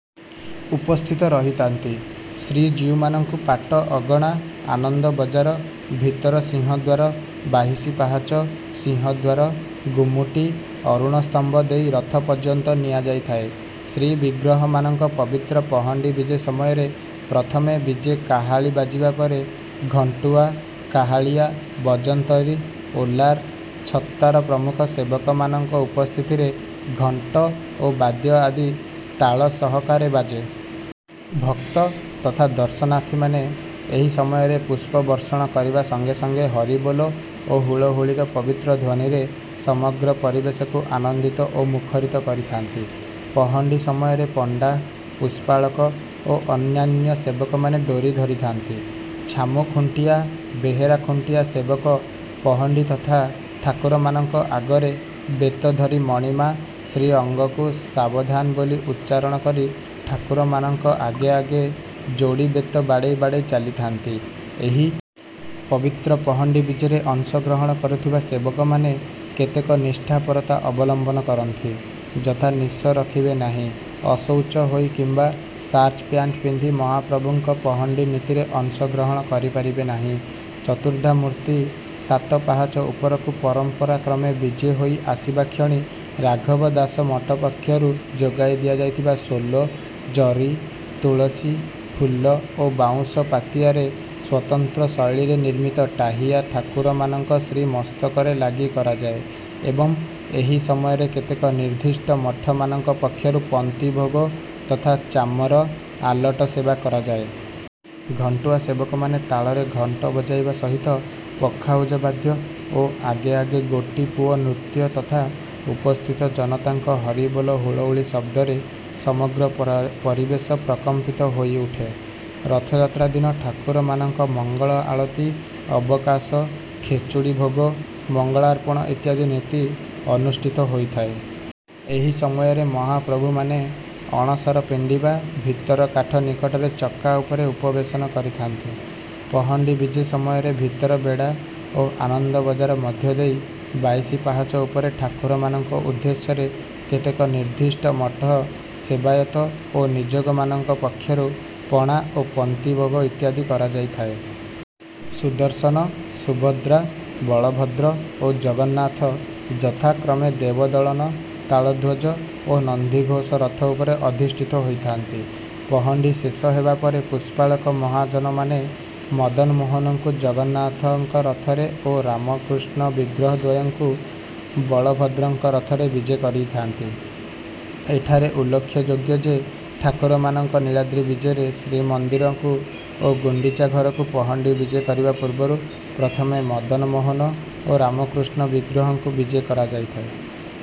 ଉପସ୍ଥିତ ରହିଥାନ୍ତି। ଶ୍ରୀଜୀଉମାନଙ୍କୁ ପାଟ ଅଗଣା, ଆନନ୍ଦ ବଜାର, ଭିତର ସିଂହଦ୍ୱାର, ବାଇଶି ପାହାଚ, ସିଂହଦ୍ୱାର, ଗୁମୁଟି, ଅରୁଣସ୍ତମ୍ଭ ଦେଇ ରଥ ପର୍ଯ୍ୟନ୍ତ ନିଆଯାଇଥାଏ। ଶ୍ରୀବିଗ୍ରହମାନଙ୍କ ପବିତ୍ର ପହଣ୍ଡି ବିଜେ ସମୟରେ ପ୍ରଥମେ ବିଜେ କାହାଳୀ ବାଜିବା ପରେ ଘଣ୍ଟୁଆ, କାହାଳିଆ, ବଜନ୍ତରୀ, ଓଲାର, ଛତାର ପ୍ରମୁଖ ସେବକମାନଙ୍କ ଉପସ୍ଥିତିରେ ଘଣ୍ଟ ଓ ବାଦ୍ୟ ଆଦି ତାଳ ସହକାରେ ବାଜେ। ଭକ୍ତ ତଥା ଦର୍ଶନାର୍ଥୀମାନେ ଏହି ସମୟରେ ପୁଷ୍ପବର୍ଷଣ କରିବା ସଙ୍ଗେ ସଙ୍ଗେ ହରିବୋଲ ଓ ହୁଳହୁଳିର ପବିତ୍ର ଧ୍ୱନିରେ ସମଗ୍ର ପରିବେଶକୁ ଆନନ୍ଦିତ ଓ ମୁଖରିତ କରିଥାନ୍ତି। ପହଣ୍ଡି ସମୟରେ ପଣ୍ଡା, ପୁଷ୍ପାଳକ ଓ ଅନ୍ୟାନ୍ୟ ସେବକମାନେ ଡୋରି ଧରିଥାନ୍ତି। ଛାମୁ ଖୁଣ୍ଟିଆ, ବେହେରା ଖୁଣ୍ଟିଆ ସେବକ ପହଣ୍ଡି ତଥା ଠାକୁରମାନଙ୍କ ଆଗରେ ବେତ ଧରି ମଣିମା, ଶ୍ରୀଅଙ୍ଗକୁ ସାବଧାନ ବୋଲି ଉଚ୍ଚାରଣ କରି ଠାକୁରମାନଙ୍କ ଆଗେ ଆଗେ ଯୋଡ଼ି ବେତ ବାଡ଼େଇ ବାଡ଼େଇ ଚାଲିଥାନ୍ତି। ଏହି ପବିତ୍ର ପହଣ୍ଡି ବିଜେରେ ଅଂଶଗ୍ରହଣ କରୁଥିବା ସେବକମାନେ କେତେକ ନିଷ୍ଠାପରତା ଅବଲମ୍ବନ କରିଥାନ୍ତି, ଯଥା ନିଶ ରଖିବେ ନାହିଁ। ଅଶୌଚ ହୋଇ କିମ୍ବା ସାର୍ଟ-ପ୍ୟାଣ୍ଟ ପିନ୍ଧି ମହାପ୍ରଭୁଙ୍କ ପହଣ୍ଡି ନୀତିରେ ଅଂଶଗ୍ରହଣ କରିପାରିବେ ନାହିଁ। ଚତୁର୍ଦ୍ଧାମୂର୍ତ୍ତି ସାତ ପାହାଚ ଉପରକୁ ପରମ୍ପରାକ୍ରମେ ବିଜେ ହୋଇ ଆସିବା କ୍ଷଣି ରାଘବ ଦାସ ମଠ ପକ୍ଷରୁ ଯୋଗାଇ ଦିଆଯାଇଥିବା ସୋଲ, ଜରି, ତୁଳସୀ, ଫୁଲ ଓ ବାଉଁଶ ପାତିଆରେ ସ୍ୱତନ୍ତ୍ର ଶୈଳୀରେ ନିର୍ମିତ 'ଟାହିଆ' ଠାକୁରମାନଙ୍କ ଶ୍ରୀମସ୍ତକରେ ଲାଗି କରାଯାଏ ଏବଂ ଏହି ସମୟରେ କେତେକ ନିର୍ଦ୍ଦିଷ୍ଟ ମଠମାନଙ୍କ ପକ୍ଷରୁ ପନ୍ତି ଭୋଗ ତଥା ଚାମର, ଆଲଟ ସେବା କରାଯାଏ। ଘଣ୍ଟୁଆ ସେବକମାନେ ତାଳରେ ଘଣ୍ଟ ବଜାଇବା ସହିତ ପଖାଉଜ ବାଦ୍ୟ ଓ ଆଗେ ଆଗେ ଗୋଟିପୁଅ ନୃତ୍ୟ ତଥା ଉପସ୍ଥିତ ଜନତାଙ୍କ ହରିବୋଲ, ହୁଳହୁଳି ଶବ୍ଦରେ ସମଗ୍ର ପରିବେଶ ପ୍ରକମ୍ପିତ ହୋଇଉଠେ। ରଥଯାତ୍ରା ଦିନ ଠାକୁରମାନଙ୍କ ମଙ୍ଗଳ ଆଳତି, ଅବକାଶ, ଖେଚୁଡ଼ି ଭୋଗ, ମଙ୍ଗଳାର୍ପଣ ଇତ୍ୟାଦି ନୀତି ଅନୁଷ୍ଠିତ ହୋଇଥାଏ। ଏହି ସମୟରେ ମହାପ୍ରଭୁମାନେ ଅଣସର ପିଣ୍ଡି ବା ଭିତର କାଠ ନିକଟରେ ଚକା ଉପରେ ଉପବେଶନ କରିଥାନ୍ତି। ପହଣ୍ଡି ବିଜେ ସମୟରେ ଭିତର ବେଢ଼ା ଓ ଆନନ୍ଦ ବଜାର ମଧ୍ୟଦେଇ ବାଇଶି ପାହାଚ ଉପରେ ଠାକୁରମାନଙ୍କ ଉଦ୍ଦେଶ୍ୟରେ କେତେକ ନିର୍ଦ୍ଦିଷ୍ଟ ମଠ, ସେବାୟତ ଓ ନିଯୋଗମାନଙ୍କ ପକ୍ଷରୁ ପଣା ଓ ପନ୍ତି ଭୋଗ ଇତ୍ୟାଦି କରାଯାଇଥାଏ। ସୁଦର୍ଶନ, ସୁଭଦ୍ରା, ବଳଭଦ୍ର ଓ ଜଗନ୍ନାଥ ଯଥାକ୍ରମେ ଦେବଦଳନ, ତାଳଧ୍ୱଜ ଓ ନନ୍ଦିଘୋଷ ରଥ ଉପରେ ଅଧିଷ୍ଠିତ ହୋଇଥାନ୍ତି। ପହଣ୍ଡି ଶେଷ ହେବାପରେ ପୁଷ୍ପାଳକ ମହାଜନମାନେ ମଦନମୋହନଙ୍କୁ ଜଗନ୍ନାଥଙ୍କ ରଥରେ ଓ ରାମକୃଷ୍ଣ ବିଗ୍ରହଦ୍ୱୟଙ୍କୁ ବଳଭଦ୍ରଙ୍କ ରଥରେ ବିଜେ କରାଇଥାନ୍ତି। ଏଠାରେ ଉଲ୍ଲେଖଯୋଗ୍ୟ ଯେ, ଠାକୁରମାନଙ୍କ ନୀଳାଦ୍ରି ବିଜେରେ ଶ୍ରୀମନ୍ଦିରକୁ ଓ ଗୁଣ୍ଡିଚା ଘରକୁ ପହଣ୍ଡି ବିଜେ କରିବା ପୂର୍ବରୁ ପ୍ରଥମେ ମଦନମୋହନ ଓ ରାମକୃଷ୍ଣ ବିଗ୍ରହଙ୍କୁ ବିଜେ କରାଯାଏ।